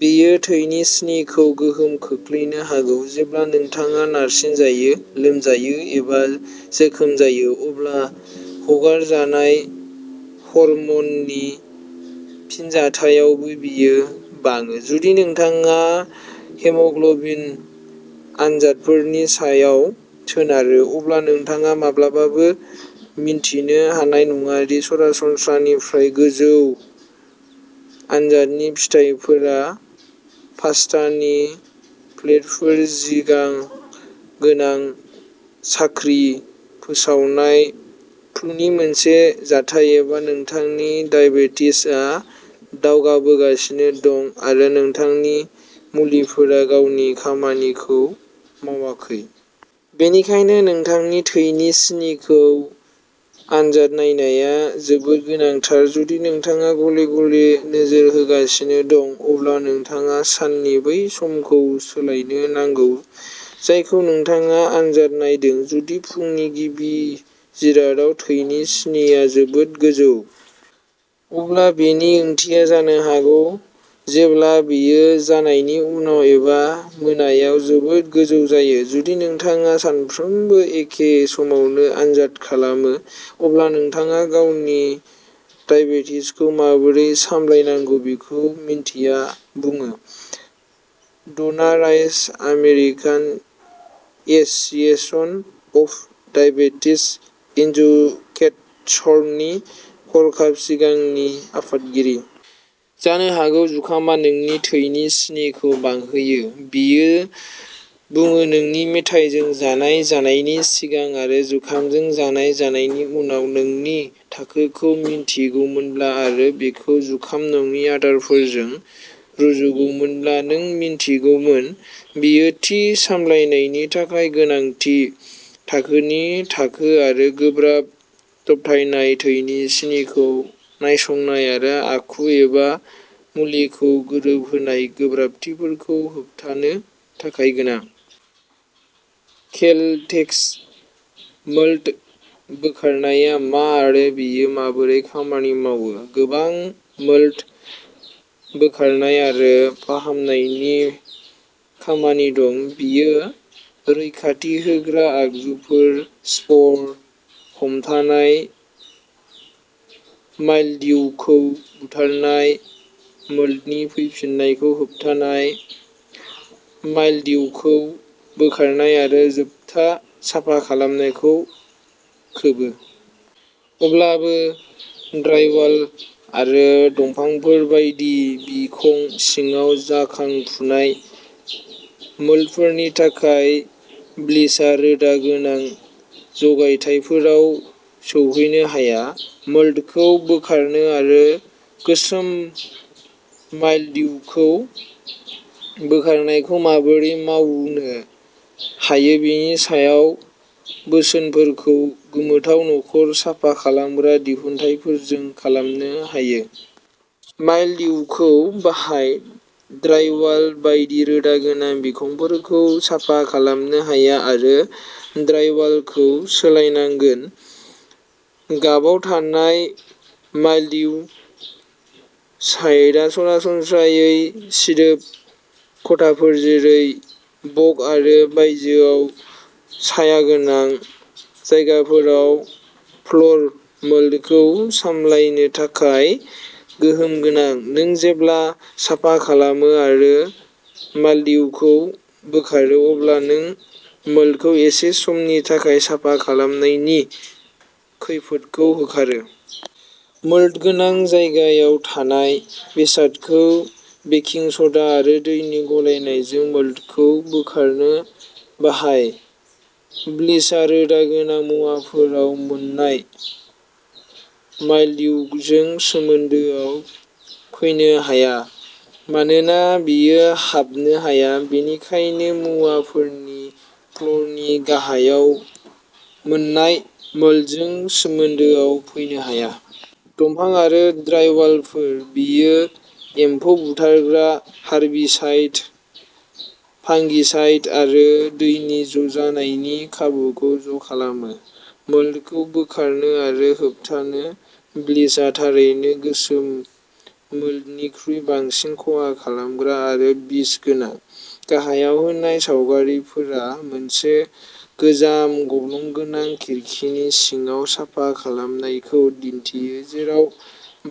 बेयो थैनि सिनिखौ गोहोम खोख्लैनो हागौ। जेब्ला नोंथाङा नारसिनजायो, लोमजायो, एबा जोखोम जायो अब्ला हगारजानाय हर्म'ननि फिनजाथायावबो बियो बाङो। जुदि नोंथाङा हिम'ग्लबिन आनजादफोरनि सायाव सोनारो अब्ला नोंथाङा माब्लाबाबो मिन्थिनो हानाय नङा दि सरासनस्रानिफ्राय गोजौ आनजादनि फिथायफोरा पास्तानि प्लेटफोर जिगां गोनां साख्रि फोसावनाय, फ्लुनि मोनसे जाथाय, एबा नोंथांनि दाइबेटिसआ दावगाबोगासिनो दं आरो नोंथांनि मुलिफोरा गावनि खामानिखौ मावाखै। बेनिखायनो नोंथांनि थैनि सिनिखौ आनजाद नायनाया जोबोद गोनांथार। जुदि नोंथाङा गले-गले नोजोर होगासिनो दं अब्ला नोंथाङा साननि बै समखौ सोलायनो नांगौ जायखौ नोंथाङा आनजाद नायदों। जुदि फुंनि गिबि जिरादआव थैनि सिनिआ जोबोद गोजौ। अब्ला बेनि ओंथिया जानो हागौ जेब्ला बेयो जानायनि उनाव एबा मोनायाव जोबोद गोजौ जायो। जुदि नोंथाङा सानफ्रोमबो एखे समावनो आनजाद खालामो अब्ला नोंथाङा गावनि दाइबेटिसखौ माबोरै सामलायनांगौ बेखौ मिन्थिया बुङो। Donna Rice American Association of Diabetes एजुकेटर्सनि हरखाब सिगांनि आफादगिरि। जानो हागौ जुखामा नोंनि थैनि सिनिखौ बांहोयो। बियो बुङो नों मिथाइजों जानाय जानायनि सिगां आरो जुखामजों जानाय जानायनि उनाव नोंनि थाखोखौ मिन्थिगौमोनब्ला आरो बेखौ जुखाम नङि आदारफोरजों रुजुगौमोनब्ला नों मिन्थिगौमोन। बेयो थि सामलायनायनि थाखाय गोनां थि थाखोनि थाखो आरो गोब्राब दबथायनाय थैनि सिनिखौ नायसंनाय आरो आखु एबा मुलिखौ गोरोबहोनाय गोब्राबथिफोरखौ होबथानो थाखाय गोनां। केलटेक्स मोल्ड बोखारनाया मा आरो बेयो माबोरै खामानि मावो? गोबां मोल्ड बोखारनाय आरो फाहामनायनि खामानि दं। बियो रैखाथि होग्रा आगजुफोर, स्पर हमथानाय, माइलडयुखौ बुथारनाय, मोल्डनि फैफिन्नायखौ होबथानाय, माइलडयुखौ बोखारनाय आरो जोबथा साफा खालामनायखौ खोबो। अब्लाबो ड्राइवाल आरो दंफांफोर बायदि बिखं सिङाव जाखांफुनाय मोल्डफोरनि थाखाय ब्लिचआ रोदा गोनां जगायथायफोराव सौहैनो हाया। मोल्डखौ बोखारनो आरो गोसोम माइलडयुखौ बोखारनायखौ माबोरै मावनो हायो बेनि सायाव बोसोनफोरखौ गोमोथाव नखर साफा खालामग्रा दिहुनथायफोरजों खालामनो हायो। माइलडयुखौ बाहाय। ड्राइवाल बायदि रोदा गोनां बिखंफोरखौ साफा खालामनो हाया आरो ड्राइवालखौ सोलायनांगोन। गाबाव थानाय माइलडयु साइडआ सरासनस्रायै सिदोब खथाफोर जेरै बग आरो बायजोयाव सायागोनां जायगाफोराव फ्ल'र मोल्डखौ सामलायनो थाखाय गोहोम गोनां। नों जेब्ला साफा खालामो आरो माइलडयुखौ बोखारो अब्ला नों मोल्डखौ एसे समनि थाखाय साफा खालामनायनि खैफोदखौ होखारो। मोल्ड गोनां जायगायाव थानाय बेसादखौ बेकिं स'डा आरो दैनि गलायनायजों मोल्डखौ बोखारनो बाहाय। ब्लिचआ रोदा गोनां मुवाफोराव मोन्नाय माइलडयुजों सोमोन्दोआव फैनो हाया मानोना बेयो हाबनो हाया। बेनिखायनो मुवाफोरनि फ्ल'रनि गाहायाव मोन्नाय मोल्डजों सोमोन्दोआव फैनो हाया। दंफां आरो ड्राइवालफोर। बेयो एम्फौ बुथारग्रा, हार्बिसाइड, फांगिसाइड आरो दैनि ज'जानायनि खाबुखौ ज'खालामो। मोल्डखौ बोखारनो आरो होबथानो। ब्लिचआ थारैनो गोसोम मोल्डनिख्रुइ बांसिन खहा खालामग्रा आरो बिस गोनां। गाहायाव होनाय सावगारिफोरा मोनसे गोजाम गब्लं गोनां खिरखिनि सिङाव साफा खालामनायखौ दिन्थियो जेराव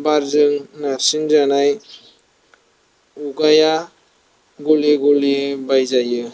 बारजों नारसिनजानाय अगाया गले-गले बायजायो।